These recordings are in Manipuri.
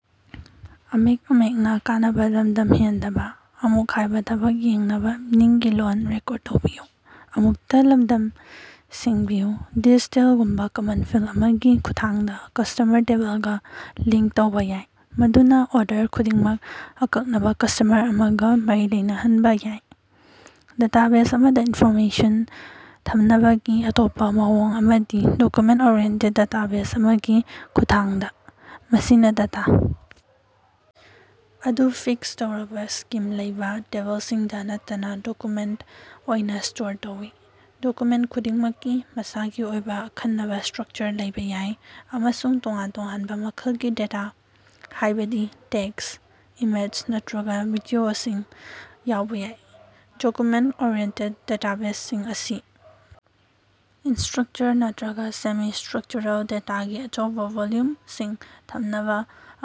ꯗꯤꯖꯤꯇꯦꯜ ꯒꯨꯝꯕ ꯀꯃꯟ ꯐꯤꯜ ꯑꯃꯒꯤ ꯈꯨꯠꯊꯥꯡꯗ ꯀꯁꯇꯃꯔ ꯇꯦꯕꯜꯒ ꯂꯤꯡꯛ ꯇꯧꯕ ꯌꯥꯏ, ꯃꯗꯨꯅ ꯑꯣꯔꯗꯔ ꯈꯨꯗꯤꯡꯃꯛ ꯑꯀꯛꯅꯕ ꯀꯁꯇꯃꯔ ꯑꯃꯒ ꯃꯔꯤ ꯂꯩꯅꯍꯟꯕ ꯌꯥꯏ꯫ ꯗꯦꯇꯥꯕꯦꯖ ꯑꯃꯗ ꯏꯟꯐꯣꯔꯃꯦꯁꯟ ꯊꯝꯅꯕꯒꯤ ꯑꯇꯣꯞꯄ ꯃꯑꯣꯡ ꯑꯃꯗꯤ ꯗꯣꯀ꯭ꯌꯨꯃꯦꯟꯠ-ꯑꯣꯔꯤꯑꯦꯟꯇꯦꯠ ꯗꯦꯇꯥꯕꯦꯖ ꯑꯃꯒꯤ ꯈꯨꯠꯊꯥꯡꯗ, ꯃꯁꯤꯅ ꯗꯦꯇꯥ ꯑꯗꯨ ꯐꯤꯛꯁ ꯇꯧꯔꯕ ꯁ꯭ꯀꯤꯝ ꯂꯩꯕ ꯇꯦꯕꯜꯁꯤꯡꯗ ꯅꯠꯇꯅ ꯗꯣꯀ꯭ꯌꯨꯃꯦꯟꯠ ꯑꯣꯏꯅ ꯁ꯭ꯇꯣꯔ ꯇꯧꯏ꯫ ꯗꯣꯀ꯭ꯌꯨꯃꯦꯟꯠ ꯈꯨꯗꯤꯡꯃꯛꯀꯤ ꯃꯁꯥꯒꯤ ꯑꯣꯏꯕ ꯑꯈꯟꯅꯕ ꯁ꯭ꯇꯔꯛꯆꯔ ꯂꯩꯕ ꯌꯥꯏ ꯑꯃꯁꯨꯡ ꯇꯣꯉꯥꯟ-ꯇꯣꯉꯥꯟꯕ ꯃꯈꯜꯒꯤ ꯗꯦꯇꯥ, ꯍꯥꯏꯕꯗꯤ ꯇꯦꯛꯁ, ꯏꯃꯦꯖ ꯅꯠꯇ꯭ꯔꯒ ꯚꯤꯗꯤꯑꯣꯁꯤꯡ ꯌꯥꯎꯕ ꯌꯥꯏ꯫ ꯗꯣꯀ꯭ꯌꯨꯃꯦꯟꯠ-ꯑꯣꯔꯤꯑꯦꯟꯇꯦꯠ ꯗꯦꯇꯥꯕꯦꯖꯁꯤꯡ ꯑꯁꯤ ꯑꯟꯁꯇ꯭ꯔꯛꯆꯔ ꯅꯠꯇ꯭ꯔꯒ ꯁꯦꯃꯤ-ꯁꯇ꯭ꯔꯛꯆꯔꯦꯜ ꯗꯦꯇꯥꯒꯤ ꯑꯆꯧꯕ ꯚꯣꯜꯌꯨꯝꯁꯤꯡ ꯊꯝꯅꯕ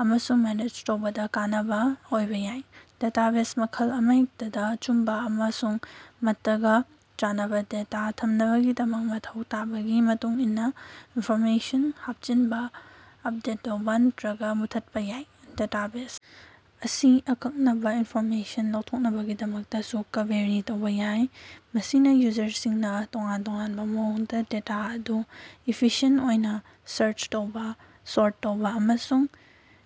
ꯑꯃꯁꯨꯡ ꯃꯦꯅꯦꯖ ꯇꯧꯕꯗ ꯀꯥꯟꯅꯕ ꯑꯣꯏꯕ ꯌꯥꯏ꯫ ꯗꯦꯇꯥꯕꯦꯖ ꯃꯈꯜ ꯑꯃꯍꯦꯛꯇꯗ ꯑꯆꯨꯝꯕ ꯑꯃꯁꯨꯡ ꯃꯇꯒ ꯆꯥꯟꯅꯕ ꯗꯦꯇꯥ ꯊꯝꯅꯕꯒꯤꯗꯃꯛ ꯃꯊꯧ ꯇꯥꯕꯒꯤ ꯃꯇꯨꯡꯏꯟꯅ ꯏꯟꯐꯣꯔꯃꯦꯁꯟ ꯍꯥꯞꯆꯤꯟꯕ, ꯑꯞꯗꯦꯠ ꯇꯧꯕ ꯅꯠꯇ꯭ꯔꯒ ꯃꯨꯠꯊꯠꯄ ꯌꯥꯏ꯫ ꯗꯦꯇꯥꯕꯦꯖ ꯑꯁꯤ ꯑꯀꯛꯅꯕ ꯏꯟꯐꯣꯔꯃꯦꯁꯟ ꯂꯧꯊꯣꯛꯅꯕꯒꯤꯗꯃꯛꯇꯁꯨ ꯀꯕꯦꯔꯤ ꯇꯧꯕ ꯌꯥꯏ, ꯃꯁꯤꯅ ꯌꯨꯖꯔꯁꯤꯡꯅ ꯇꯣꯉꯥꯟ-ꯇꯣꯉꯥꯟꯕ ꯃꯑꯣꯡꯗ ꯗꯦꯇꯥ ꯑꯗꯨ ꯏꯐꯤꯁꯤꯑꯦꯟꯠ ꯑꯣꯏꯅ ꯁꯔꯆ ꯇꯧꯕ, ꯁꯣꯔꯠ ꯇꯧꯕ ꯑꯃꯁꯨꯡ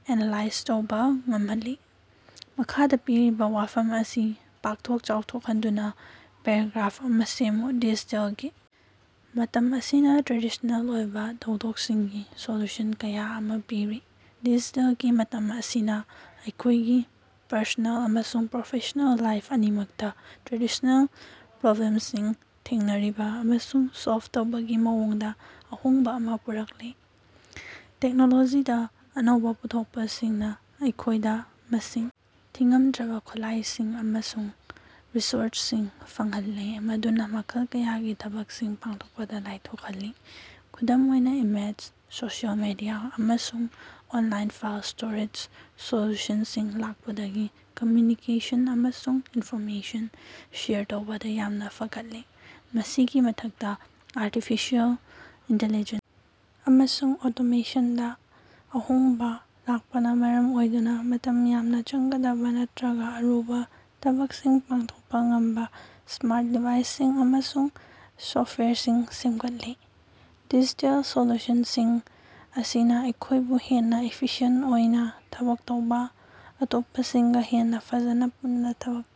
ꯑꯦꯅꯂꯥꯏꯖ ꯇꯧꯕ ꯉꯝꯍꯜꯂꯤ꯫ ꯃꯈꯥꯗ ꯄꯤꯔꯤꯕ ꯋꯥꯐꯝ ꯑꯁꯤ ꯄꯥꯛꯊꯣꯛ ꯆꯥꯎꯊꯣꯛꯍꯟꯗꯨꯅ ꯄꯦꯔꯥꯒ꯭ꯔꯥꯐ ꯑꯃ ꯁꯦꯝꯃꯨ: ꯗꯤꯖꯤꯇꯦꯜꯒꯤ ꯃꯇꯝ ꯑꯁꯤꯅ ꯇ꯭ꯔꯦꯗꯤꯁ꯭ꯅꯦꯜ ꯑꯣꯏꯕ ꯊꯧꯗꯣꯛꯁꯤꯡꯒꯤ ꯁꯣꯂꯨꯁꯟ ꯀꯌ ꯑꯃ ꯄꯤꯔꯤ꯫ ꯗꯤꯖꯤꯇꯦꯜꯒꯤ ꯃꯇꯝ ꯑꯁꯤꯅ ꯑꯩꯈꯣꯏꯒꯤ ꯄꯔꯁꯣꯅꯦꯜ ꯑꯃꯁꯨꯡ ꯄ꯭ꯔꯣꯐꯦꯁ꯭ꯅꯦꯜ ꯂꯥꯏꯐ ꯑꯅꯤꯃꯛꯇ ꯇ꯭ꯔꯦꯗꯤꯁ꯭ꯅꯦꯜ ꯄ꯭ꯔꯣꯕ꯭ꯂꯦꯝꯁꯤꯡ ꯊꯦꯡꯅꯔꯤꯕ ꯑꯃꯁꯨꯡ ꯁꯣꯜꯕ ꯇꯧꯕꯒꯤ ꯃꯑꯣꯡꯗ ꯑꯍꯣꯡꯕ ꯑꯃ ꯄꯨꯔꯛꯂꯦ꯫ ꯇꯦꯛꯅꯣꯂꯣꯖꯤꯗ ꯑꯅꯧꯕ ꯄꯨꯊꯣꯛꯄꯁꯤꯡꯅ ꯑꯩꯈꯣꯏꯗ ꯃꯁꯤꯡ ꯊꯤꯉꯝꯗ꯭ꯔꯕ ꯈꯨꯠꯂꯥꯏꯁꯤꯡ ꯑꯃꯁꯨꯡ ꯔꯤꯁꯣꯔꯁꯁꯤꯡ ꯐꯪꯍꯜꯂꯦ ꯃꯗꯨꯅ ꯃꯈꯜ ꯀꯌꯥꯒꯤ ꯊꯕꯛꯁꯤꯡ ꯄꯥꯡꯊꯣꯛꯄꯗ ꯂꯥꯏꯊꯣꯛꯍꯜꯂꯤ꯫ ꯈꯨꯗꯝ ꯑꯣꯏꯅ ꯏꯃꯦꯏꯜ, ꯁꯣꯁꯤꯑꯦꯜ ꯃꯤꯗꯤꯌꯥ, ꯑꯃꯁꯨꯡ ꯑꯣꯟꯂꯥꯏꯟ ꯐꯥꯏꯜ ꯁ꯭ꯇꯣꯔꯦꯖ ꯁꯣꯜꯌꯨꯁꯟꯁꯤꯡ ꯂꯥꯛꯄꯗꯒꯤ ꯀꯝꯃ꯭ꯌꯨꯅꯤꯀꯦꯁꯟ ꯑꯃꯁꯨꯡ ꯏꯟꯐꯣꯔꯃꯦꯁꯟ ꯁꯦꯌꯔ ꯇꯧꯕꯗ ꯌꯥꯝꯅ ꯐꯒꯠꯂꯦ꯫ ꯃꯁꯤꯒꯤ ꯃꯊꯛꯇ ꯑꯥꯔꯇꯤꯐꯤꯁꯤꯑꯦꯜ ꯏꯟꯇꯤꯂꯤꯖꯦꯟꯁ ꯑꯃꯁꯨꯡ ꯑꯣꯇꯣꯃꯦꯁꯟꯗ ꯑꯍꯣꯡꯕ ꯂꯥꯛꯄꯅ ꯃꯔꯝ ꯑꯣꯏꯗꯨꯅ ꯃꯇꯝ ꯌꯥꯝꯅ ꯆꯪꯒꯗꯕ ꯅꯠꯇ꯭ꯔꯒ ꯑꯔꯨꯕ ꯊꯕꯛꯁꯤꯡ ꯄꯥꯡꯊꯣꯛꯄ ꯉꯝꯕ ꯁ꯭ꯃꯥꯔꯠ ꯗꯤꯚꯥꯏꯁꯁꯤꯡ ꯑꯃꯁꯨꯡ ꯁꯣꯐꯋꯦꯌꯔꯁꯤꯡ ꯁꯦꯝꯒꯠꯂꯦ꯫ ꯗꯤꯖꯤꯇꯦꯜ ꯁꯣꯂꯨꯁꯟꯁꯤꯡ ꯑꯁꯤꯅ ꯑꯩꯈꯣꯏꯕꯨ ꯍꯦꯟꯅ ꯏꯐꯤꯁꯤꯌꯦꯟꯠ ꯑꯣꯏꯅ ꯊꯕꯛ ꯇꯧꯕ, ꯑꯇꯣꯞꯄꯁꯤꯡꯒ ꯍꯦꯟꯅ ꯐꯖꯅ ꯄꯨꯟꯅ ꯊꯕꯛ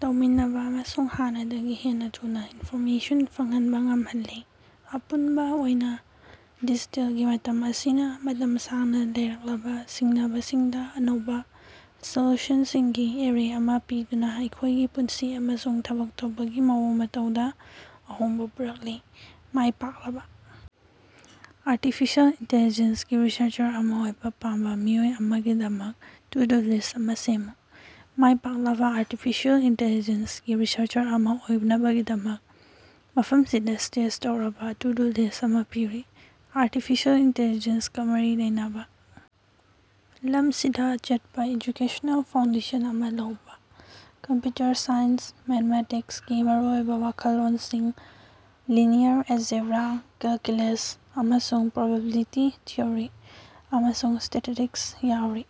ꯇꯧꯃꯤꯟꯅꯕ ꯑꯃꯁꯨꯡ ꯍꯥꯟꯅꯗꯒꯤ ꯍꯦꯟꯅ ꯊꯨꯅ ꯏꯟꯐꯣꯔꯃꯦꯁꯟ ꯐꯪꯍꯟꯕ ꯉꯝꯍꯜꯂꯦ꯫ ꯑꯄꯨꯟꯕ ꯑꯣꯏꯅ ꯗꯤꯖꯤꯇꯦꯜꯒꯤ ꯃꯇꯝ ꯑꯁꯤꯅ ꯃꯇꯝ ꯁꯥꯡꯅ ꯂꯩꯔꯛꯂꯕ ꯁꯤꯡꯅꯕꯁꯤꯡꯗ ꯑꯅꯧꯕ ꯁꯣꯂꯨꯁꯟꯁꯤꯡꯒꯤ ꯑꯦꯔꯦ ꯑꯃꯥ ꯄꯤꯗꯨꯅ ꯑꯩꯈꯣꯏꯒꯤ ꯄꯨꯟꯁꯤ ꯑꯃꯁꯨꯡ ꯊꯕꯛ ꯇꯧꯕꯒꯤ ꯃꯑꯣꯡ ꯃꯇꯧꯗ ꯑꯍꯣꯡꯕ ꯄꯨꯔꯛꯂꯦ꯫ ꯃꯥꯏ ꯄꯥꯛꯂꯕ ꯑꯥꯔꯇꯤꯐꯤꯁꯦꯜ ꯏꯟꯇꯦꯂꯤꯖꯦꯟ ꯒꯤ ꯔꯤꯁꯔꯆꯔ ꯑꯃ ꯑꯣꯏꯕ ꯄꯥꯝꯕ ꯃꯤꯑꯣꯏ ꯑꯃꯒꯤꯗꯃꯛ ꯇꯨ-ꯗꯨ ꯂꯤꯁ꯭ꯠ ꯑꯃ ꯁꯦꯝꯃꯨ꯫ ꯃꯥꯏ ꯄꯥꯛꯂꯕ ꯑꯥꯔꯇꯤꯐꯤꯁꯦꯜ ꯏꯟꯇꯦꯂꯤꯖꯦꯟ ꯒꯤ ꯔꯤꯁꯔꯆꯔ ꯑꯃ ꯑꯣꯏꯅꯕꯒꯤꯗꯃꯛ, ꯃꯐꯝꯁꯤꯗ ꯁꯖꯦꯁ ꯇꯧꯔꯕ ꯇꯨ-ꯗꯨ ꯂꯤꯁ ꯑꯃ ꯄꯤꯔꯤ: ꯑꯥꯔꯇꯤꯐꯤꯁꯦꯜ ꯏꯟꯇꯦꯂꯤꯖꯦꯟ ꯒ ꯃꯔꯤ ꯂꯩꯅꯕ ꯂꯝꯁꯤꯡꯗ ꯑꯆꯦꯠꯄ ꯑꯦꯖꯨꯀꯦꯁꯅꯦꯜ ꯐꯥꯎꯟꯗꯦꯁꯟ ꯑꯃ ꯂꯧꯕ꯫ ꯀꯝꯄꯨꯇꯔ ꯁꯥꯏꯟꯁ, ꯃꯦꯊꯃꯦꯇꯤꯛꯁꯀꯤ ꯃꯔꯨꯑꯣꯏꯕ ꯋꯥꯈꯜꯂꯣꯟꯁꯤꯡ (ꯂꯤꯅꯤꯌꯔ ꯑꯦꯖꯦꯕ꯭ꯔꯥ, ꯀꯦꯜꯀꯨꯂꯁ, ꯑꯃꯁꯨꯡ ꯄ꯭ꯔꯣꯕꯤꯕꯤꯂꯤꯇꯤ ꯊꯤꯑꯣꯔꯤ), ꯑꯃꯁꯨꯡ ꯁ꯭ꯇꯦꯇꯤꯁꯇꯤꯛꯁ ꯌꯥꯎꯔꯤ꯫